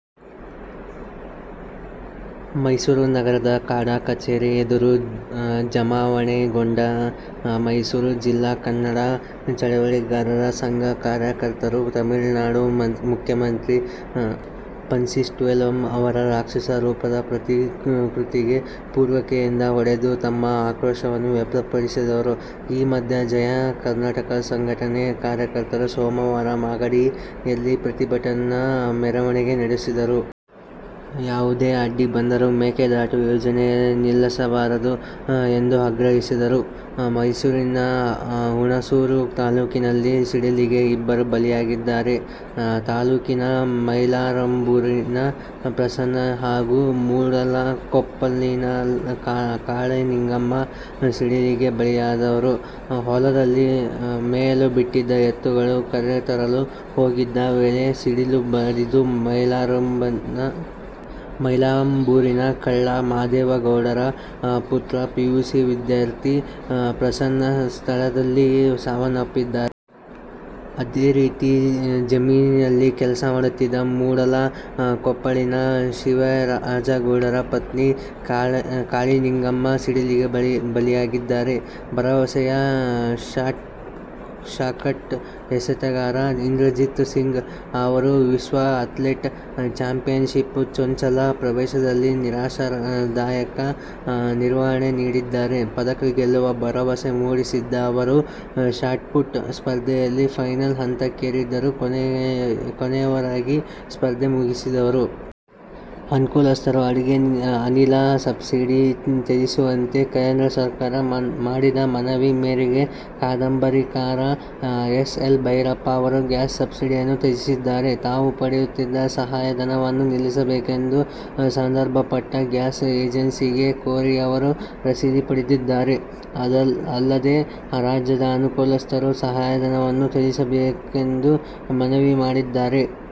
ಮೈಸೂರು ನಗರದ ಕಾಡಾ ಕಚೇರಿ ಎದುರು ಜಮಾವಣೆಗೊಂಡ ಮೈಸೂರು ಜಿಲ್ಲಾ ಕನ್ನಡ ಚಳವಳಿಗಾರರ ಸಂಘದ ಕಾರ್ಯಕರ್ತರು ತಮಿಳುನಾಡು ಮುಖ್ಯಮಂತ್ರಿ ಪನ್ನೀರ್ಸೆಲ್ವಂ ಅವರ ರಾಕ್ಷಸ ರೂಪದ ಪ್ರತಿಕೃತಿಗೆ ಪೊರಕೆಯಿಂದ ಹೊಡೆದು ತಮ್ಮ ಆಕ್ರೋಶ ವ್ಯಕ್ತಪಡಿಸಿದರು. ಈ ಮಧ್ಯೆ, ಜಯ ಕರ್ನಾಟಕ ಸಂಘಟನೆ ಕಾರ್ಯಕರ್ತರು ಸೋಮವಾರ ಮಾಗಡಿಯಲ್ಲಿ ಪ್ರತಿಭಟನಾ ಮೆರವಣಿಗೆ ನಡೆಸಿದರು. ಯಾವುದೇ ಅಡ್ಡಿ ಬಂದರೂ ಮೇಕೆದಾಟು ಯೋಜನೆ ನಿಲ್ಲಿಸಬಾರದು ಎಂದು ಆಗ್ರಹಿಸಿದರು. ಮೈಸೂರಿನ ಹುಣಸೂರು ತಾಲೂಕಿನಲ್ಲಿ ಸಿಡಿಲಿಗೆ ಇಬ್ಬರು ಬಲಿಯಾಗಿದ್ದಾರೆ. ತಾಲೂಕಿನ ಮೈಲಾಂಬೂರಿನ ಪ್ರಸನ್ನ ಹಾಗೂ ಮೂಡಲಕೊಪ್ಪಲಿನ ಕಾಳಿನಿಂಗಮ್ಮ ಸಿಡಿಲಿಗೆ ಬಲಿಯಾದವರು. ಹೊಲದಲ್ಲಿ ಮೇಯಲು ಬಿಟ್ಟಿದ್ದ ಎತ್ತುಗಳನ್ನು ಕರೆತರಲು ಹೋಗಿದ್ದ ವೇಳೆ ಸಿಡಿಲು ಬಡಿದು ಮೈಲಾಂಬೂರಿನ ಕುಳ್ಳ ಮಾದೇಗೌಡರ ಪುತ್ರ, ಪಿಯುಸಿ ವಿದ್ಯಾರ್ಥಿ ಪ್ರಸನ್ನ ಸ್ಥಳದಲ್ಲೇ ಸಾವನ್ನಪ್ಪಿದ್ದಾನೆ. ಅದೇ ರೀತಿ ಜಮೀನಿನಲ್ಲಿ ಕೆಲಸ ಮಾಡುತ್ತಿದ್ದ ಮೂಡಲಕೊಪ್ಪಲಿನ ಶಿವರಾಜೇಗೌಡರ ಪತ್ನಿ ಕಾಳಿನಿಂಗಮ್ಮ ಸಿಡಿಲಿಗೆ ಬಲಿಯಾಗಿದ್ದಾರೆ. ಭರವಸೆಯ ಶಾಟ್ಪುಟ್ ಎಸೆತಗಾರ ಇಂದ್ರಜಿತ್ ಸಿಂಗ್ ಅವರು ವಿಶ್ವ ಆ್ಯತ್ಲೆಟಿಕ್ ಚಾಂಪಿಯನ್ಶಿಪ್ನ ಚೊಚ್ಚಲ ಪ್ರವೇಶದಲ್ಲಿ ನಿರಾಶಾದಾಯಕ ನಿರ್ವಹಣೆ ನೀಡಿದ್ದಾರೆ. ಪದಕ ಗೆಲ್ಲುವ ಭರವಸೆ ಮೂಡಿಸಿದ್ದ ಅವರು ಶಾಟ್ಪುಟ್ ಸ್ಪರ್ಧೆಯಲ್ಲಿ ಫೈನಲ್ ಹಂತಕ್ಕೇರಿದ್ದರೂ ಕೊನೆಯವರಾಗಿ ಸ್ಪರ್ಧೆ ಮುಗಿಸಿದ್ದರು. ಅನುಕೂಲಸ್ಥರು ಅಡುಗೆ ಅನಿಲ ಸಬ್ಸಿಡಿ ತ್ಯಜಿಸುವಂತೆ ಕೇಂದ್ರ ಸರ್ಕಾರ ಮಾಡಿದ ಮನವಿ ಮೇರೆಗೆ ಕಾದಂಬರಿಕಾರ ಎಸ್. ಎಲ್. ಭೈರಪ್ಪ ಅವರು ಗ್ಯಾಸ್ ಸಬ್ಸಿಡಿಯನ್ನು ತ್ಯಜಿಸಿದ್ದಾರೆ. ತಾವು ಪಡೆಯುತ್ತಿದ್ದ ಸಹಾಯಧನವನ್ನು ನಿಲ್ಲಿಸಬೇಕೆಂದು ಸಂಬಂಧಪಟ್ಟ ಗ್ಯಾಸ್ ಏಜೆನ್ಸಿಗೆ ಕೋರಿ ಅವರು ರಸೀದಿ ಪಡೆದಿದ್ದಾರೆ. ಅಲ್ಲದೇ ರಾಜ್ಯದ ಅನುಕೂಲಸ್ಥರು ಸಹಾಯಧನವನ್ನು ತ್ಯಜಿಸಬೇಕೆಂದು ಮನವಿ ಮಾಡಿದ್ದಾರೆ.